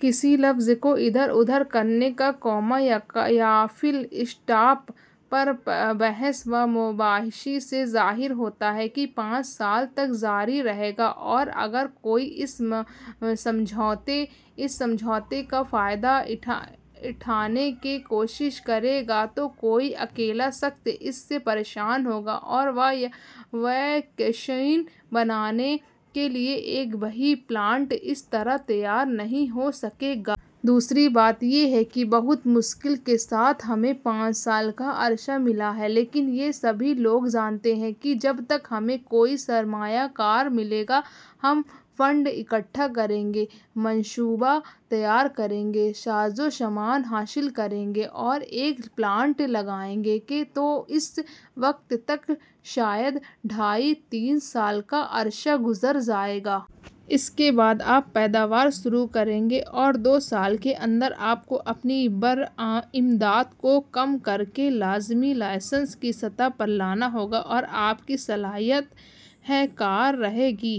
کسی لفظ کو اِدھر اُدھر کرنے یا کوما یا فل اسٹاپ پر بحث و مباحثے سے ظاہر ہوتا ہے کہ پانچ سال تک جاری رہے گا اور اگر کوئی اس سمجھوتے کا فائدہ اٹھانے کی کوشش کرے گا تو کوئی اکیلا شخص اس سے پریشان ہوگا اور ویکسین بنانے کے لیے ایک بھی پلانٹ اس طرح تیار نہیں ہو سکے گا۔ دوسری بات یہ ہے کہ بہت مشکل کے ساتھ ہمیں پانچ سال کا عرصہ ملا ہے، لیکن یہ سبھی لوگ جانتے ہیں کہ جب تک ہمیں کوئی سرمایہ کار ملے گا، ہم فنڈ اکٹھا کریں گے، منصوبہ تیار کریں گے، سازوسامان حاصل کریں گے اور ایک پلانٹ لگائیں گے، تو اس وقت تک شاید ڈھائی تین سال کا عرصہ گزر جائے گا۔ اس کے بعد آپ پیداوار شروع کریں گے اور دو سال کے اندر آپ کو اپنی برآمدات کو کم کرکے لازمی لائسنس کی سطح پر لانا ہوگا اور آپ کی صلاحیت بے کار رہے گی۔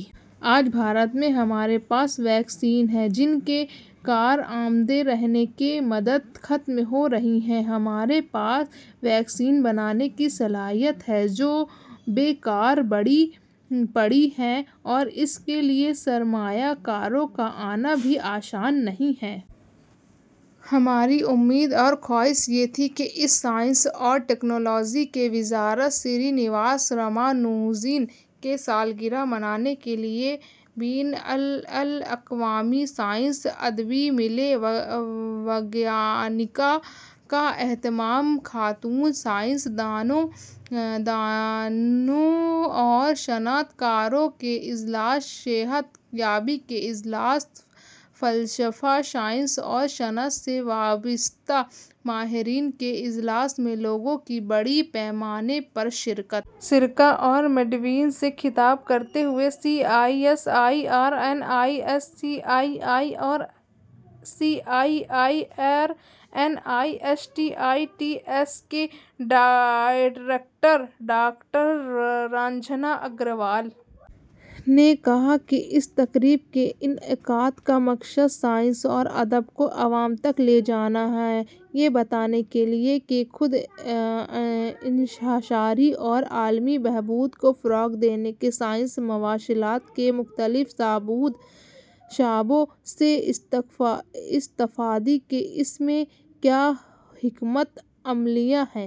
آج بھارت میں ہمارے پاس ویکسین ہیں، جن کی کارآمد رہنے کی مدت ختم ہو رہی ہے، ہمارے پاس ویکسین بنانے کی صلاحیت ہے، جو بے کار پڑی ہے اور اس کے لیے سرمایہ کاروں کا آنا بھی آسان نہیں ہے۔ ہماری امید اور خواہش یہ تھی کہ اس— سائنس اور ٹیکنالوجی کی وزارت سری نواسا رامانوجن کی سالگرہ منانے کے لیے بین الاقوامی سائنسی ادبی میلے وگیانیکا کا اہتمام۔ ’’خاتون سائنس دانوں اور صنعت کاروں کے اجلاس‘‘، صحت یابی کے اجلاس، فلسفہ، سائنس اور صنعت سے وابستہ ماہرین کے اجلاس میں لوگوں کی بڑے پیمانے پر شرکت۔ شرکا اور مدعوئین سے خطاب کرتے ہوئے C S I R N I S C A I R اور C S I R N I S T A D S کی ڈائریکٹر ڈاکٹر رنجنا اگروال نے کہا کہ اس تقریب کے انعقاد کا مقصد سائنس اور ادب کو عوام تک لے جانا ہے، یہ بتانے کے لیے کہ خود انحصاری اور عالمی بہبود کو فروغ دینے کی سائنسی مواصلات کے مختلف شعبوں سے استفادے کی اس میں کیا حکمت عملیاں ہیں۔